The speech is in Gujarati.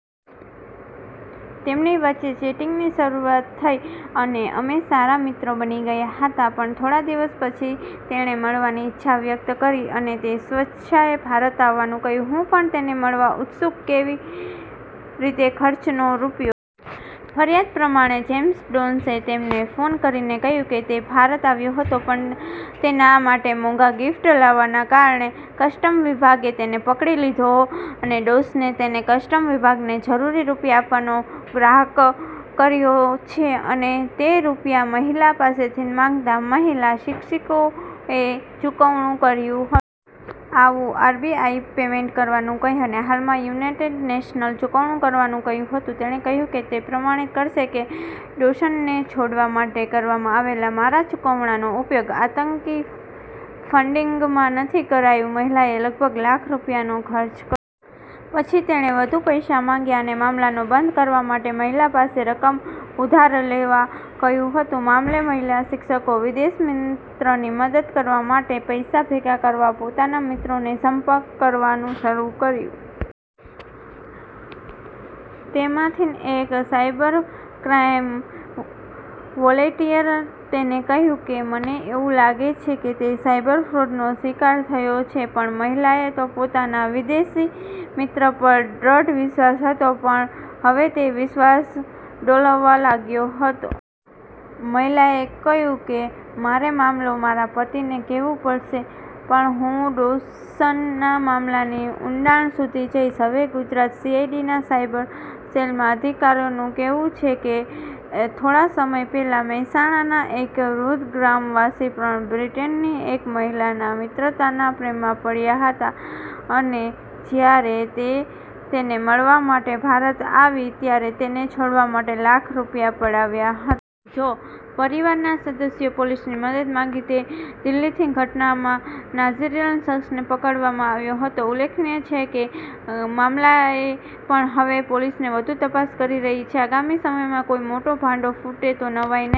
તેમની વચ્ચે ચેટિંગની શરૂઆત થઈ અને અમે સારા મિત્રો બની ગયા હતા, પણ થોડાદિવસ પછી તેણે મળવાની ઈચ્છા વ્યક્ત કરી અને તે સ્વેચ્છાએ ભારત આવવા કહ્યું. હું પણ તેને મળવા ઉત્સુક હતી. કેવી રીતે ખંખેર્યા રૂપિયા? ફરિયાદ પ્રમાણે, જેમ્સ ડોસને તેમને ફોન કરીને કહ્યું કે તે ભારત આવ્યો હતો પણ તેના માટે મોંઘા ગીફ્ટ લાવવાના કારણે કસ્ટમ વિભાગે તેને પકડી લીધો છે. ડોસને તેને કસ્ટમ વિભાગને જરૂરી રૂપિયા આપવાનો આગ્રહ કર્યો છે અને તે રૂપિયા મહિલા પાસેથી માગતા મહિલા શિક્ષિકાએ ચુવકણું કર્યું હતું. આવુંઆરબીઆઈને પેમેન્ટ કરવા કહ્યું અને હાલમાં યુનાઈટેડ નેશન્સ ને ચુકવણું કરવા કહેવાયું હતું. તેણે કહ્યું કે તે પ્રમાણિત કરશે કે ડોશનને છોડાવા માટે કરવામાં આવેલા મારા ચુકવણાનો ઉપયોગ આતંકી ફંડિંગમાં નથી કરાયું. મહિલાએ લગભગ લાખ રૂપિયા ખર્ચ કર્યા છે. પછી તેણે વધુ પૈસા માગ્યા અને મામલાને બંધ કરવા માટે મહિલા પાસે રકમ ઉધાર લેવા કહ્યું હતું. મામલે મહિલા શિક્ષિકાએ વિદેશી મિત્રની મદદ કરવા માટે પૈસા ભેગા કરવા પોતાના મિત્રોનો સંપર્ક કરવાનું શરૂ કર્યું. તેમાંથી એક સાયબર ક્રાઈમ વોલેંટિયરે તેને કહ્યું કે મને એવું લાગે છે કે તે સાયબર ફ્રોડનો શિકાર થયા છે. પણ મહિલાને તો પોતાના વિદેશી મિત્ર પર દ્રઢ વિશ્વાસ હતો પણ હવે તે વિશ્વાસ ડોલવા લાગ્યો હતો. મહિલાએ કહ્યું કે મારેમામલે મારા પતિને કહેવું પડશે, પણ હું ડોશનના મામલાની ઉંડાણ સુધી જઈશ. હવે ગુજરાત સીઆઈડીના સાયબર સેલના અધિકારીઓનું કહેવું છે કે થોડા સમય પહેલા મહેસાણાના એક વૃદ્ધ ગ્રામવાસી પણ બ્રિટનની એક મહિલા મિત્રના પ્રેમમાં પડ્યા હતા અને જ્યારે તે તેને મળવા માટે ભારત આવી ત્યારે તેને છોડાવા માટે લાખ રૂપિયા પડાવ્યા હતા. જે પરિવારના સદસ્યોએ પોલીસની મદદ માગી તો દિલ્હીથીઘટનામાં નાઈઝીરિયન શખ્સને પકડવામાં આવ્યો હતો. ઉલ્લેખનીય છે કેમામલે પણ હવે પોલીસ વધુ તપાસ કરી રહી છે. આગામી સમયમાં કોઈ મોટો ભાંડો ફૂટે તો નવાઈ નહીં.